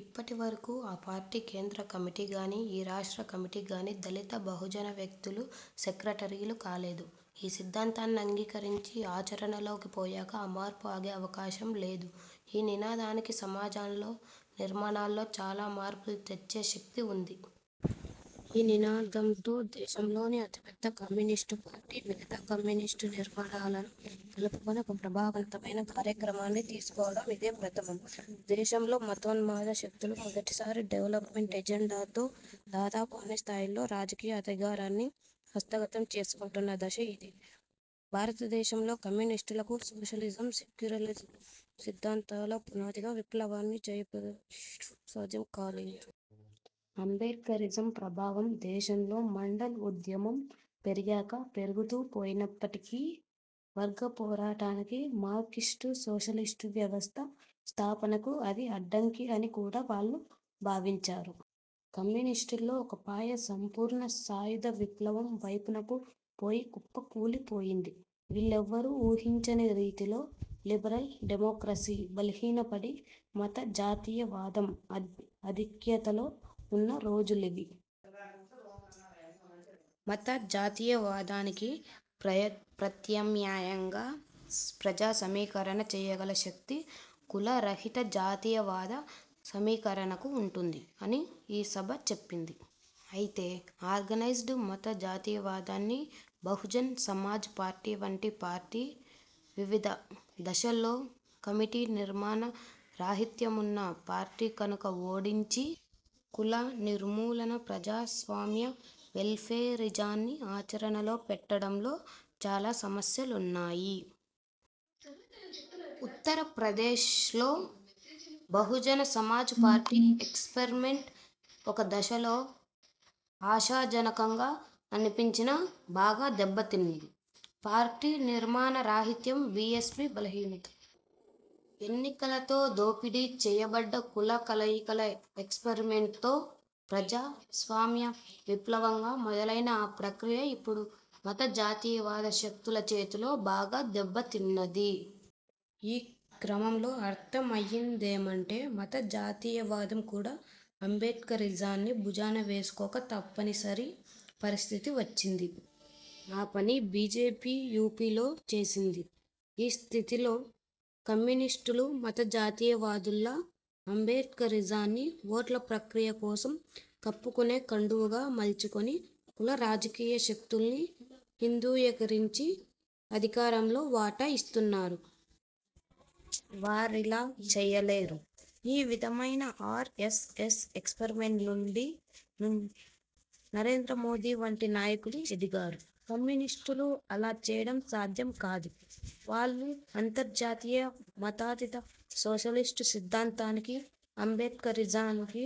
ఇప్పటివరకు ఆ పార్టీ కేంద్ర కమిటీకి గానీ, ఈ రాష్ట్ర కమిటీకి గానీ దళిత బహుజన వ్యక్తులు సెక్రటరీలు కాలేదు. ఈ సిద్ధాంతాన్ని అంగీకరించి ఆచరణలోకి పోయాక ఆ మార్పు ఆగే అవకాశం లేదు. ఈ నినాదానికి సమాజంలో, నిర్మాణాల్లో చాలా మార్పులు తెచ్చే శక్తి ఉంది. ఈ నినాదంతో దేశంలోని అతిపెద్ద కమ్యూనిస్టు పార్టీ, మిగతా కమ్యూనిస్టు నిర్మాణాలను కలుపుకొని ఒక ప్రభావవంతమైన కార్యక్రమాన్ని తీసుకోవడం ఇదే ప్రథమం. దేశంలో మతోన్మాద శక్తులు మొదటిసారి డెవలప్మెంట్ ఎజెండాతో దాదాపు అన్ని స్థాయిల్లో రాజకీయ అధికారాన్ని హస్తగతం చేసుకుంటున్న దశ ఇది. భారతదేశంలో కమ్యూనిస్టులకు సోషలిజం, సెక్యులరిజం సిద్ధాంతాల పునాదిగా విప్లవాన్ని జయప్రదం చెయ్యడం సాధ్యం కాలేదు. అంబేడ్కరిజం ప్రభావం దేశంలో మండల్ ఉద్యమం పెరిగాక పెరుగుతూ పోయినప్పటికీ, వర్గ పోరాటానికి మార్క్సిస్టు సోషలిస్టు వ్యవస్థ స్థాపనకు అది అడ్డంకి అని కూడా వాళ్ళు భావించారు. కమ్యూనిస్టుల్లో ఒక పాయ 'సంపూర్ణ సాయుధ' విప్లవం వైపునకు పోయి కుప్పకూలిపోయింది. వీళ్లెవ్వరూ ఊహించని రీతిలో 'లిబరల్ డెమోక్రసీ' బలహీనపడి 'మత జాతీయవాదం' ఆధిక్యతలో ఉన్న రోజులివి. మత జాతీయవాదానికి ప్రత్యామ్నాయంగా ప్రజాసమీకరణ చెయ్యగల శక్తి 'కుల రహిత జాతీయవాద' సమీకరణకు ఉంటుంది అని ఈ సభ చెప్పింది. అయితే ఆర్గనైజ్డ్ మత జాతీయవాదాన్ని, బహుజన్ సమాజ్ పార్టీ వంటి పార్టీ వివిధ దశల్లో కమిటీ నిర్మాణ రాహిత్యమున్న పార్టీ కనుక ఓడించి 'కుల నిర్మూలన ప్రజాస్వామ్య వెల్ఫేరిజాన్ని' ఆచరణలో పెట్టడంలో చాలా సమస్యలున్నాయి. ఉత్తరప్రదేశ్లో బహుజన సమాజ్ పార్టీ ఎక్స్పెర్మెంట్ ఒక దశలో ఆశాజనకంగా అనిపించినా, బాగా దెబ్బతిన్నది. పార్టీ నిర్మాణ రాహిత్యం బీఎస్పీ బలహీనత. ఎన్నికలతో దోపిడీ చెయ్యబడ్డ కుల కలయికల ఎక్స్పెరిమెంట్తో 'ప్రజాస్వామ్య విప్లవంగా' మొదలైన ఆ ప్రక్రియ ఇప్పుడు మత జాతీయవాద శక్తుల చేతిలో బాగా దెబ్బతిన్నది. ఈ క్రమంలో అర్థమయిందేమంటే మత జాతీయవాదం కూడా అంబేడ్కరిజాన్ని భుజాన వేసుకోక తప్పనిసరి పరిస్థితి వచ్చింది. ఆ పని బీజేపీ యూపీలో చేసింది. ఈ స్థితిలో కమ్యూనిస్టులు మత జాతీయవాదుల్లా అంబేడ్కరిజాన్ని ఓట్ల ప్రక్రియ కోసం కప్పుకునే కండువగా మల్చుకొని కులరాజకీయ శక్తుల్ని హిందూయీకరించుకొని అధికారంలో వాటా ఇస్తున్నారు. వారిలా చెయ్యలేరు. ఈ విధమైన ఆర్ఎస్ఎస్ ఎక్స్పరిమెంట్ నుంచి నరేంద్ర మోదీ వంటి నాయకులు ఎదిగారు. కమ్యూనిస్టులు అలా చెయ్యడం సాధ్యం కాదు. వాళ్ళు అంతర్జాతీయ మతాతీత సోషలిస్టు సిద్ధాంతానికి అంబేడ్కరిజానికి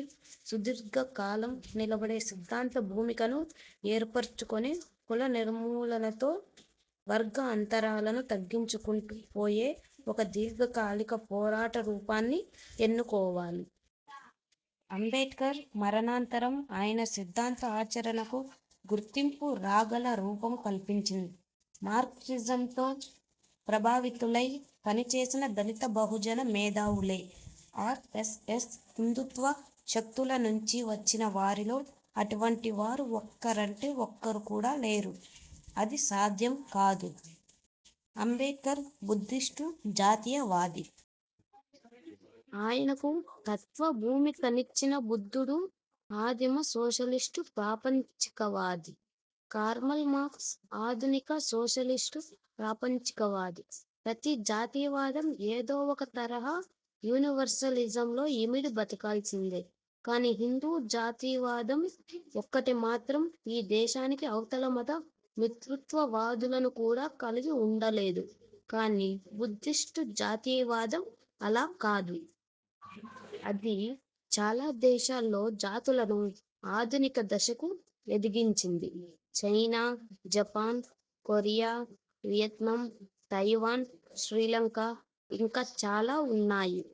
సుదీర్ఘ కాలం నిలబడే సిద్ధాంత భూమికను ఏర్పరచుకొని కుల నిర్మూలనతో వర్గ అంతరాలను తగ్గించుకుంటూ పోయే ఒక దీర్ఘకాలిక పోరాట రూపాన్ని ఎన్నుకోవాలి. అంబేడ్కర్ మరణానంతరం ఆయన సిద్ధాంత ఆచరణకు గుర్తింపు రాగల రూపం కల్పించింది మార్క్సిజంతో ప్రభావితులై, పనిచేసిన దళిత బహుజన మేధావులే. ఆర్ఎస్ఎస్ హిందూత్వ శక్తుల నుంచి వచ్చిన వారిలో అటువంటి వారు ఒక్కరంటే ఒక్కరు కూడా లేరు. అది సాధ్యమూ కాదు. అంబేడ్కర్ బుద్ధిస్టు జాతీయవాది. ఆయనకు తత్వభూమికనిచ్చిన బుద్ధుడు ఆదిమ సోషలిస్టు ప్రాపంచికవాది. కారల్మార్క్స్ ఆధునిక సోషలిస్టు ప్రాపంచికవాది. ప్రతి జాతీయవాదం ఏదో ఒక తరహా యూనివర్సలిజంలో ఇమిడి బతుకాల్సిందే. కానీ హిందూ జాతీయవాదం ఒక్కటి మాత్రం ఈ దేశానికి అవతల మత మితృత్వవాదులను కూడా కలిగి ఉండలేదు. కానీ బుద్ధిస్టు జాతీయవాదం అలా కాదు. అది చాలా దేశాల్లో జాతులను ఆధునిక దశకు ఎదిగించింది. China, Japan, Korea, Vietnam, Taiwan, Sri Lanka ఇంకా చాలా ఉన్నాయి.